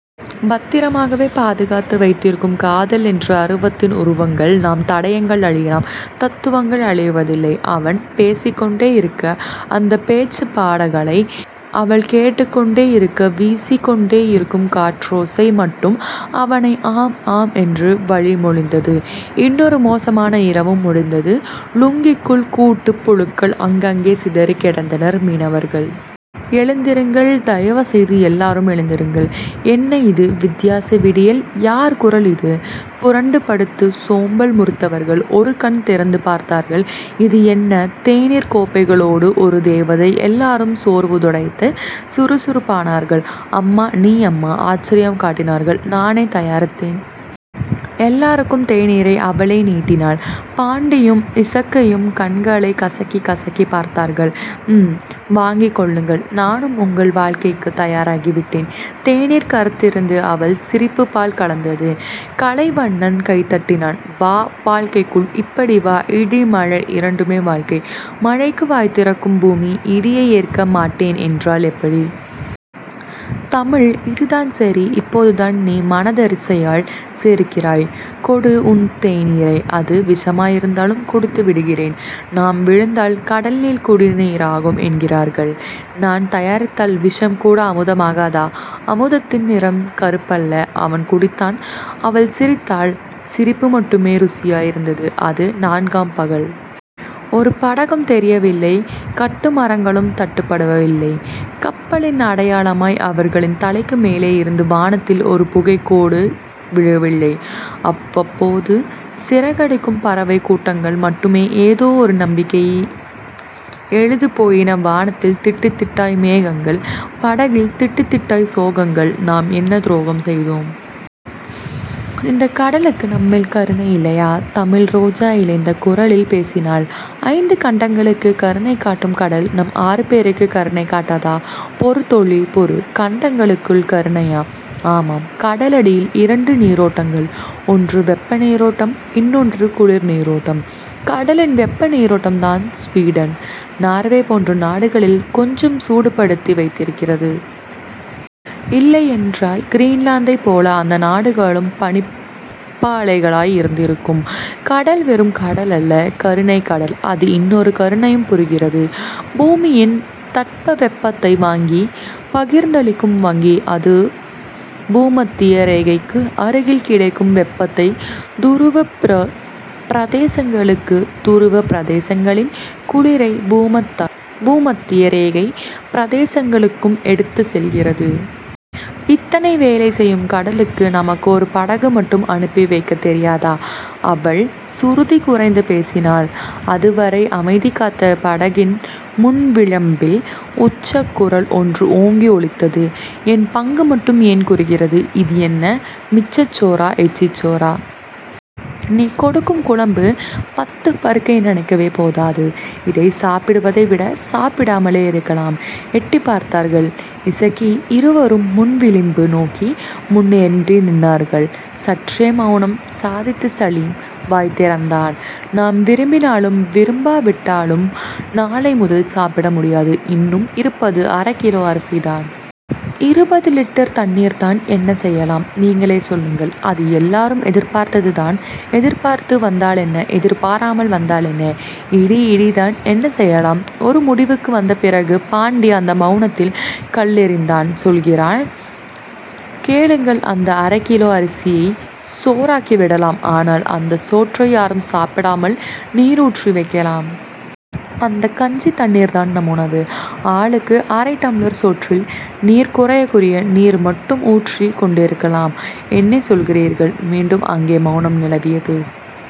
பத்திரமாகவே பாதுகாத்து வைத்திருக்கும். காதல் என்ற அருவத்தின் உருவங்கள் நாம். தடயங்கள் அழியலாம். தத்துவங்கள் அழிவதில்லை. அவன் பேசிக்கொண்டேயிருக்க அந்தப் பேச்சுப் பாடகனை அவள் கேட்டுக்கொண்டேயிருக்க வீசிக் கொண்டேயிருக்கும் காற்றோசை மட்டும் அவனை ஆம் ஆம் என்று வழிமொழிந்தது. இன்னொரு மோசமான இரவும் முடிந்தது. லுங்கிக்குள் கூட்டுப் புழுக்களாய் அங்கங்கே சிதறிக் கிடந்தனர் மீனவர்கள். எழுந்திருங்கள். தயவுசெய்து எல்லோரும் எழுந்திருங்கள். என்ன இது, வித்தியாச விடியல். யார் குரல் இது? புரண்டுபடுத்துச் சோம்பல் முறித்தவர்கள் ஒரு கண் திறந்து பார்த்தார்கள். இது என்ன, தேநீர்க் கோப்பைகளோடு ஒரு தேவதை. எல்லோரும் சோர்வுதுடைத்துச் சுறுசுறுப்பானார்கள். அம்மா. நீயாம்மா? ஆச்சரியம் காட்டினார்கள். நானே தயாரித்தேன். எல்லோருக்கும் தேநீரை அவளே நீட்டினாள். பாண்டியும் இசக்கியும் கண்களைக் கசக்கிக் கசக்கிப் பார்த்தார்கள். ம்.. வாங்கிக் கொள்ளுங்கள். நானும் உங்கள் வாழ்க்கைக்குத் தயாராகிவிட்டேன். தேநீர் கறுத்திருந்தது. அவள் சிரிப்பு பால் கலந்தது. கலைவண்ணன் கைதட்டினான். வா. வாழ்க்கைக்குள் இப்படி வா. இடி-மழை இரண்டுமே வாழ்க்கை.. மழைக்கு வாய்திறக்கும் பூமி, இடியை ஏற்க மாட்டேன் என்றால் எப்படி? தமிழ். இதுதான் சரி. இப்போதுதான் நீ மனிதராசியில் சேருகிறாய். கொடு உன் தேநீரை. அது விஷமாயிருந்தாலும் குடித்துவிடுகிறேன். நான் விழுந்தால் கடல்நீர் குடிநீராகும் என்றீர்கள். நான் தயாரித்தால் விஷம்கூட அமுதமாகாதா? அமுதத்தின் நிறம் கறுப்பல்ல. அவன் குடித்தான். அவள் சிரித்தாள். சிரிப்பு மட்டுமே ருசியாயிருந்தது. அது நான்காம் பகல். ஒரு படகும் தெரியவில்லை. கட்டுமரங்களும் தட்டுப்படவில்லை. கப்பலின் அடையாளமாய் அவர்களின் தலைக்கு மேலே இருந்த வானத்தில் ஒரு புகைக்கோடுகூட விழவில்லை. அவ்வப்போது சிறகடிக்கும் பறவைக் கூட்டங்கள் மட்டுமே ஏதோ ஒரு நம்பிக்கையை எழுதிப்போயின. வானத்தில் திட்டுத்திட்டாய் மேகங்கள் படகில் திட்டுத்திட்டாய் சோகங்கள். நாம் என்ன துரோகம் செய்தோம்? இந்தக் கடலுக்கு நம்மேல் கருணை இல்லையா? தமிழ்ரோஜா இளைத்த குரலில் பேசினாள். ஐந்து கண்டங்களுக்கே கருணைகாட்டும் கடல் நம் ஆறு பேருக்குக் கருணைகாட்டாதா? பொறு தோழி பொறு. கண்டங்களுக்குக் கருணையா? ஆமாம். கடலடியில் இரண்டு நீரோட்டங்கள். ஒன்று வெப்ப நீரோட்டம், இன்னொன்று குளிர்நீரோட்டம். கடலின் வெப்ப நீரோட்டம் தான் ஸவீடன், நார்வே போன்ற நாடுகளைக் கொஞ்சம் சூடுபடுத்தி வைத்திருக்கிறது. இல்லையென்றால். கிரீன்லாந்தைப் போல அந்த நாடுகளும் பனிப்பாலைகளாய் இருந்திருக்கும். கடல் வெறும் கடலல்ல கருணைக்கடல் அது இன்னொரு கருணையும் புரிகிறது. பூமியின் தட்பவெப்பத்தை வாங்கிப் பகிர்ந்தளிக்கும் வங்கி அது. பூமத்திய ரேகைக்கு அருகில் கிடைக்கும் வெப்பத்தைத் துருவப் பிரதேசங்களுக்கும் துருவப் பிரதேசங்களின் குளிரை பூமத்திய ரேகைப் பிரதேசங்களுக்கும் எடுத்துச் செல்கிறது. இத்தனை வேலை செய்யும் கடலுக்கு நமக்கு ஒரு படகு மட்டும் அனுப்பத் தெரியாதா? அவள் சுருதி குறைந்து பேசினாள். அதுவரை அமைதிகாத்த படகின் முன்விளிம்பில், உச்சக்குரல் ஒன்று ஓங்கி ஒலித்தது. என் பங்கு மட்டும் ஏன் குறைகிறது? இது என்ன மிச்சச் சோறா? எச்சில் சோறா? நீ கொடுக்கும் குழம்பு பத்துப் பருக்கை நனைக்கவே போதாது. இதைச் சாப்பிடுவதை விடச் சாப்பிடாமலே இருக்கலாம். எட்டிப்பார்த்தார்கள் இசக்கி. இருவரும் முன்விளிம்பு நோக்கி முன்னேறினார்கள். சற்றே மெளனம் சாதித்த சலீம் வாய்திறந்தான். நாம் விரும்பினாலும் விரும்பாவிட்டாலும் நாளை முதல் சாப்பிடமுடியாது. இன்னும் இருப்பது அரைகிலோ அரிசிதான். இருபது லிட்டர் தண்ணீர்தான் என்ன செய்யலாம்? நீங்களே சொல்லுங்கள். அது எல்லோரும் எதிர்பார்த்ததுதான், எதிர்பார்த்து வந்தாலென்ன எதிர்பாராமல் வந்தாலென்ன இடி இடிதான். என்ன செய்யலாம்? ஒரு முடிவுக்கு வந்தபிறகு பாண்டி அந்த மெளனத்தில் கல்லெறிந்தான். சொல்கிறேன், கேளுங்கள். அந்த அரைகிலோ அரிசியைச் சோறாக்கிவிடலாம். ஆனால், அந்தச் சோற்றை யாரும் சாப்பிடாமல் நீருற்றி வைக்கலாம். அந்தக் கஞ்சித் தண்ணீர்தான் நம் உணவு, ஆளுக்கு அரை டம்ளர். சோற்றில் நீர் குறையக் குறைய நீர் மட்டும் ஊற்றிக் கொண்டேயிருக்காலாம். என்ன சொல்கிறீர்கள்? மீண்டும் அங்கே மெளனம் நிலவியது.